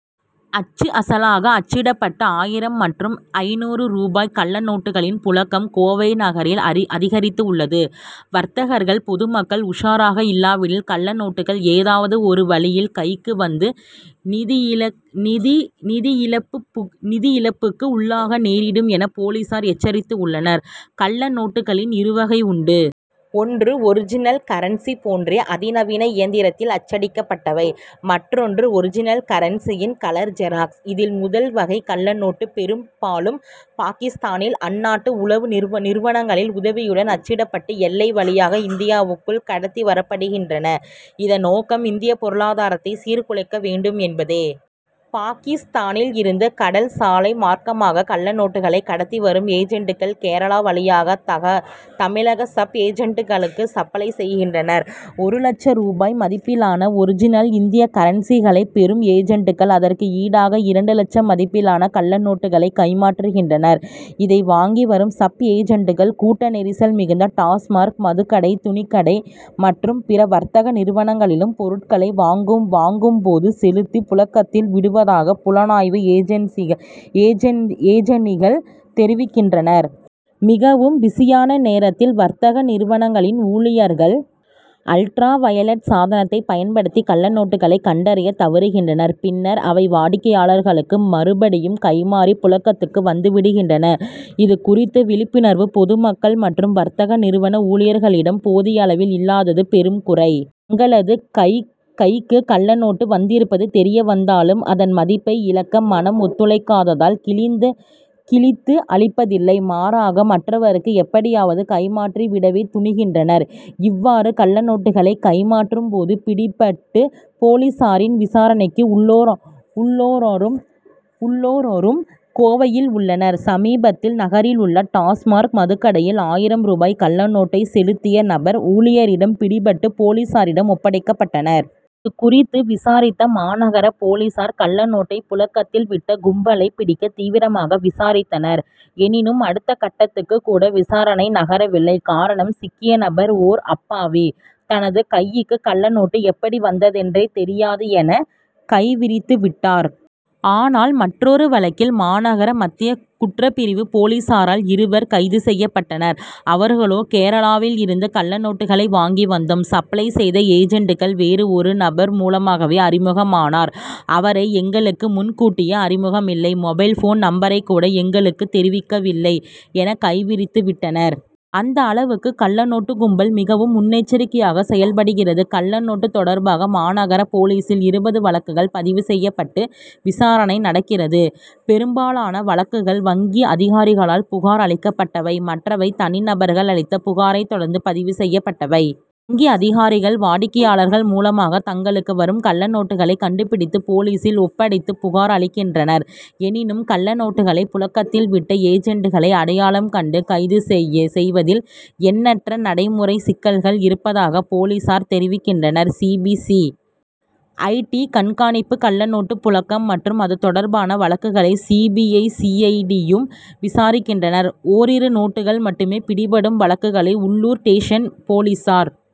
அச்சு அசலாக அச்சிடப் பட்ட ஆயிரம் மற்றும் ஐந்நூறு ரூபாய் கள்ளநோட்டுகளின் புழக்கம் கோவை நகரில் அதிகரித்துள்ளது. வர்த்தகர்கள் பொதுமக்கள் உஷாராக இல்லாவிடில் கள்ளநோட்டுகள் ஏதாவது ஒரு வழியில் கைக்கு வந்து நிதியிழப் புக்கு உள்ளாக நேரிடும் என போலீசார் எச்சரித்துள் ளனர். கள்ளநோட்டுகளில் இரு வகை உண்டு. ஒன்று ஒரிஜினல் கரன்சி போன்றே அதிநவீன இயந்திரத்தில் அச்சடிக்கப்பட்டவை. மற் றொன்று ஒரிஜினல் கரன்சி யின் கலர் ஜெராக்ஸ். இதில் முதல் வகை கள்ளநோட்டு பெரும் பாலும் பாகிஸ்தானில் அந் நாட்டு உளவு நிறுவனங் களின் உதவியுடன் அச் சிடப்பட்டு எல்லை வழியாக இந்தியாவுக்குள் கடத்தி வரப்படுகின்றன இதன் நோக்கம் இந்திய பொருளாதாரத்தை சீர் குலைக்க வேண்டும் என் பதே. பாகிஸ்தானில் இருந்து கடல் சாலை மார்க்கமாக கள்ளநோட்டுகளை கடத்தி வரும் ஏஜன்ட்கள் கேரளா வழியாக தமிழக சப் ஏஜன்ட்களுக்கு சப்ளை செய்கின்றனர். ஒரு லட்சம் ரூபாய் மதிப்பிலான ஒரிஜினல் இந்திய கரன்சிகளை பெறும் ஏஜன்ட்கள் அதற்கு ஈடாக இரண்டு லட்சம் மதிப்பிலான கள்ளநோட்டுகளை கைமாற்றுகின்றனர். இதை வாங்கி வரும் சப் ஏஜன்ட்கள் கூட்ட நெரிசல் மிகுந்த டாஸ்மாக் மதுக்கடை துணிக்கடை மற்றும் பிற வர்த்தக நிறுவனங்களில் பொருட்களை வாங்கும் போது செலுத்தி புழக்கத்தில் விடுவதாக புலனாய்வு ஏஜன்சிகள் தெரிவிக்கின்றன. மிகவும் பிஸியான நேரத்தில் வர்த்தக நிறுவனங்களின் ஊழியர்கள் அல்ட்ரா வயலட் சாதனத்தை பயன்படுத்தி கள்ளநோட்டுகளை கண்டறிய தவறுகின்றனர். பின்னர் அவை வாடிக்கையாளர்களுக்கு மறுபடியும் கைமாறி புழக்கத்துக்கு வந்துவிடுகின்றன. இது குறித்த விழிப் புணர்வு பொதுமக்கள் மற்றும் வர்த்தக நிறுவன ஊழியர்களிடம் போதிய அளவில் இல்லாதது பெரும் குறை. தங்களது கைக்கு கள்ள நோட்டு வந்திருப்பது தெரிய வந்தாலும் அதன் மதிப்பை இழக்க மனம் ஒத்துழைக்காததால் கிழித்து அழிப்பதில்லை. மாறாக மற்றவருக்கு எப்படியாவது கைமாற்றிவிடவே துணிகின்றனர். இவ்வாறு கள்ளநோட்டுகளை கைமாற்றும் போது பிடிபட்டு போலீசாரின் விசாரணைக்கு உள்ளானோரும் கோவையில் உள்ளனர். சமீபத்தில் நகரிலுள்ள டாஸ்மாக் மதுக் கடையில் ஆயிரம் ரூபாய் கள்ள நோட்டை செலுத்திய நபர் ஊழியரிடம் பிடிபட்டு போலீசாரிடம் ஒப்படைக்கப்பட்டார். இது குறித்து விசாரித்த மாநகர போலீசார் கள்ளநோட்டை புழக்கத்தில் விட்ட கும்பலை பிடிக்க தீவிரமாக விசாரித்தனர். எனினும் அடுத்த கட்டத் துக்கு கூட விசாரணை நகரவில்லை காரணம் சிக்கிய நபர் ஓர் அப்பாவி. தனது கைக்கு கள்ளநோட்டு எப்படி வந்ததென்றே தெரியாது என கைவிரித்து விட்டார். ஆனால் மற்றொரு வழக்கில் மாநகர மத்திய குற்றப்பிரிவு போலீசாரால் இருவர் கைது செய்யப்பட்டனர். அவர்களோ கேரளாவில் இருந்து கள்ளநோட்டுகளை வாங்கி வந்தோம். சப்ளை செய்த ஏஜன்ட்கள் வேறு ஒரு நபர் மூலமாகவே அறிமுகமானார். அவரை எங்களுக்கு முன் கூட்டியே அறிமுகமில்லை. மொபைல் போன் நம்பரை கூட எங்களுக்கு தெரிவிக்கவில்லை என கைவிரித்துவிட்டனர். அந்த அளவுக்கு கள்ளநோட்டு கும்பல் மிகவும் முன்னெச்சரிக்கையாக செயல்படுகிறது. கள்ளநோட்டு தொடர் பாக மாநகர போலீசில் இருபது வழக்குகள் பதிவு செய்யப் பட்டு விசாரணை நடக் கிறது. பெரும்பாலான வழக்குகள் வங்கி அதிகாரிகளால் புகார் அளிக்கப்பட்டவை மற்றவை தனி நபர்கள் அளித்த புகாரை தொடர்ந்து பதிவு செய்யப்பட்டவை. வங்கி அதிகாரிகள் வாடிக்கையாளர் மூலமாக தங்களுக்கு வரும் கள்ளநோட்டுகளை கண்டுபிடித்து போலீசில் ஒப் படைத்து புகார் அளிக்கின்றனர். எனினும் கள்ளநோட்டுகளை புழக்கத்தில் விட்ட ஏஜன்ட்களை அடையாளம் கண்டு கைது செய் வதில் எண்ணற்ற நடைமுறை சிக்கல்கள் இருப்பதாக போலீசார் தெரிவிக் கின்றனர். C. B. C. I. D. கண்காணிப்பு கள்ளநோட்டு புழக்கம் மற்றும் அது தொடர்பான வழக்குகளை C. B. C. I. D. யும் விசாரிக்கிறது. ஓரிரு நோட்டுகள் மட்டுமே பிடிபடும் வழக்குகளை உள்ளூர் ஸ்டேஷன் போலீசார்